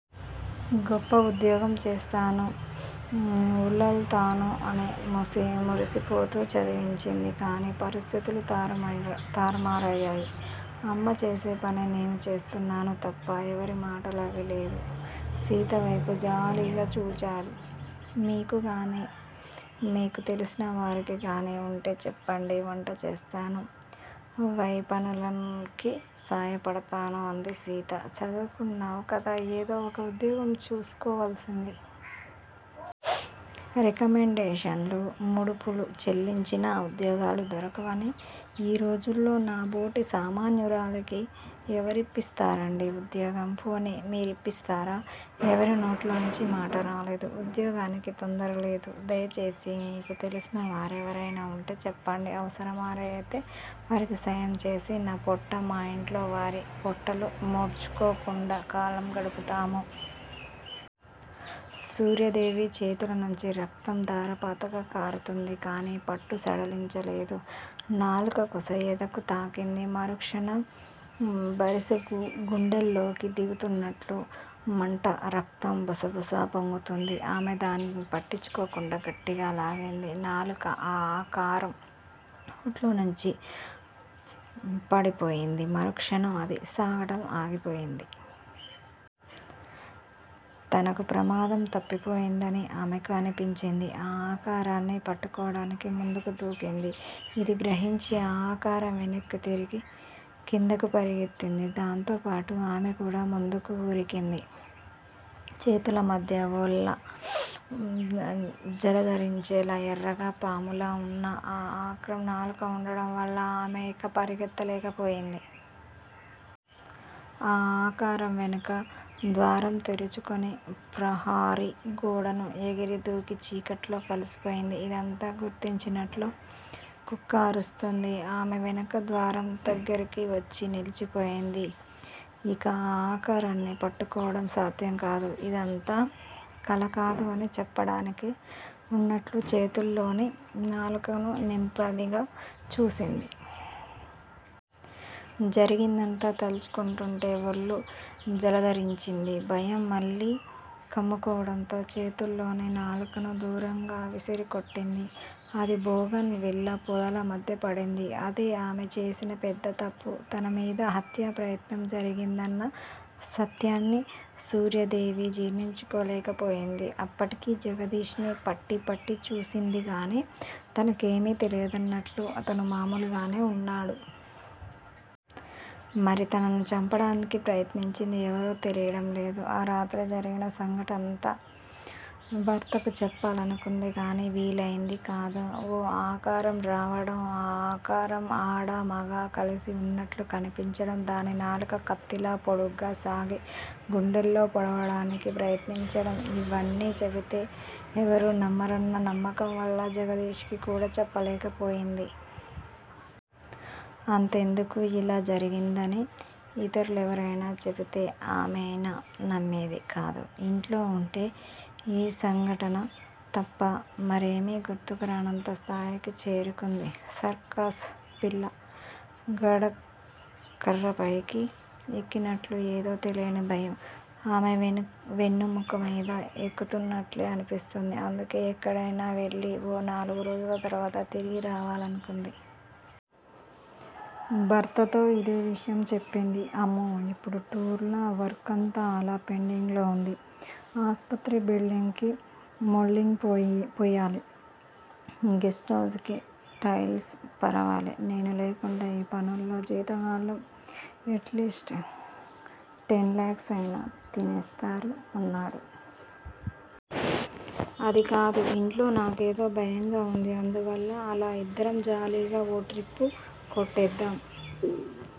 గొప్ప ఉద్యోగం చేస్తాను. ఊళ్ళేలతాను అని మురిసిపోతూ చదివించింది. కాని పరిస్థితులు తారుమారయ్యాయి. అమ్మచేసేపని నేను చేస్తున్నాను తప్పా? ఎవరూ మాట్లాడలేదు. సీతవైపు జాలిగా చూచారు. మీకుగాని, మీకు తెలిసినవారుగాని వుంటే చెప్పండి. వంట చేస్తాను. వైపనులకి సాయపదతాను. అంది సీత. చదువుకున్నావుకదా, ఏదో ఒక ఉద్యోగం చూసుకావాల్సింది. రికమండేషన్లు, ముడుపులు చెల్లించినా ఉద్యోగాలు దొరకని ఈ రోజుల్లో నాబోటి సామన్యురాలికి ఎవరిప్పిస్తారండీ ఉద్యోగం? పోనీ మీ రిప్పిస్తారా? ఎవరినోట్లోంచి మాట రాలేదు. ఉద్యోగానికి తొందరలేదు. దయచేసి మీకు తెలిసినవారెవరయినా వుంటే చెప్పండి. అవసరమయితే వారికి సాయంచేసి నాపోట్ట, మా ఇంట్లో వారి పొట్టలు, మాడ్చుకోకుండా కాలం గడుపుతాము. సూర్యాదేవి చేతుల నుంచి రక్తం ధారాపాతంగా కారుతోంది. కానీ పట్టు సడలించలేదు. నాలుక కొస ఎదకు తాకింది. మరుక్షణం బరిసె గుండెల్లోకి దిగుతున్నట్లు మంట రక్తం బుసబుసా పొంగుతోంది. ఆమె దానిని పట్టించుకోకుండా గట్టిగా లాగింది. నాలుక ఆ ఆకారం నోట్లోంచి పూడిపోయింది. మరుక్షణం అది సాగడం ఆగిపోయింది. తనకు ప్రమాదం తప్పిపోయిందని ఆమెకి అనిపించింది. ఆ ఆకారాన్ని పట్టుకోవడానికి ముందుకి దూకింది. ఇది గ్రహించి ఆ ఆకారం వెనక్కు తిరిగి కిందకు పరుగెత్తింది. దాంతో పాటు ఆమె కూడా ముందుకు వురికింది. చేతులమధ్య ఒళ్ళు జలదరించేలా ఎర్రగా, పాములా వున్న ఆ ఆక్రం నాలుక వుండడం వల్ల ఆమె ఇక పరుగెత్తలేక పోయింది. ఆ ఆకారం వెనక ద్వారం తెరుచుకుని ప్రహరీ గోడను ఎగిరి దూకి చీకట్లో కలిసిపోయింది. ఇదంతా గుర్తించినట్లు కుక్క అరుస్తోంది. ఆమె వెనక ద్వారం దగ్గరికి వచ్చి నిలిచిపోయింది. ఇక ఆ ఆకారాన్ని పట్టుకోవడం సాధ్యం కాదు. ఇదంతా కలకాదు అని చెప్పడానికే వున్నట్లు చేతుల్లోని నాలుకను నింపాదిగా చూసింది. జరిగిందంతా తలుచుకుంటుంటే ఒళ్ళు జలదరించింది. భయం మళ్ళీ కమ్ముకోవడంతో చేతుల్లోని నాలుకను దూరంగా విరిసికొట్టింది. అది బోగన్ విల్లా పొదల మధ్య పడింది. అదే ఆమె చేసిన పెద్ద తప్పు. తనమీద హత్యాప్రయత్నం జరిగిందన్న సత్యాన్ని సూర్యాదేవి జీర్ణించుకోలేక పోతోంది. అప్పటికీ జగదీష్ ని పట్టి పట్టి చూసిందిగానీ తనకేమీ తెలియదన్నట్లు అతను మామూలుగానే వున్నాడు. మరి తనను చంపడానికి ప్రయత్నించింది ఎవరో తెలియడం లేదు. ఆ రాత్రి జరిగిన సంఘటనంతా భర్తకు చెప్పాలనుకుంది గానీ వీలయింది కాదు. ఓ ఆకారం రావడం, ఆ ఆకారం ఆడా మగా కలిసి వున్నట్లు కనిపించడం, దాని నాలుక కత్తిలా పొడుగ్గా సాగి, గుండెల్లో పొడవడానికి ప్రయత్నించడం- ఇవన్నీ చెబితే ఎవరూ నమ్మరన్న నమ్మకంవల్ల జగదీష్ కి కూడా చెప్పలేకపోయింది. అంతెందుకు- ఇలా జరిగిందని ఇతరులెవరైనా చెబితే ఆమైనా నమ్మేది కాదు. ఇంట్లో వుంటే యీ సంఘటన తప్ప మరేమీ గుర్తుకు రానంత స్థాయికి చేరుకుంది. సర్కసు పిల్ల గడకర్రపైకి ఎక్కినట్లు ఏదో తెలియని భయం ఆమె వెన్నెముక మీద ఎక్కుతున్నట్లే అనిపిస్తోంది. అందుకే ఎక్కడికైనా వెళ్ళి ఓ నాలుగురోజుల తరువాత తిరిగి రావాలనుకుంది. భర్తతో ఇదే విషయం చెప్పింది. అమ్మో! ఇప్పుడు టూర్ లా! వర్క్ అంతా అలా పెండింగ్ లో వుంది. ఆస్పత్రి బిల్డింగ్ కి మోల్దింగ్ పోయాలి, గెస్ట్ హౌస్ కి టైల్స్ పరవాలి. నేను లేకుంటే ఈ పనుల్లో జీతగాళ్ళు ఎట్ లీస్ట్ టెన్ లాక్స్ అయినా తినేస్తారు అన్నాడు. అది కాదు! ఇంట్లో నాకేదో భయంగా వుంది. అందువల్ల అలా ఇద్దరం జాలీగా ఓ ట్రిప్ కొట్టొద్దాం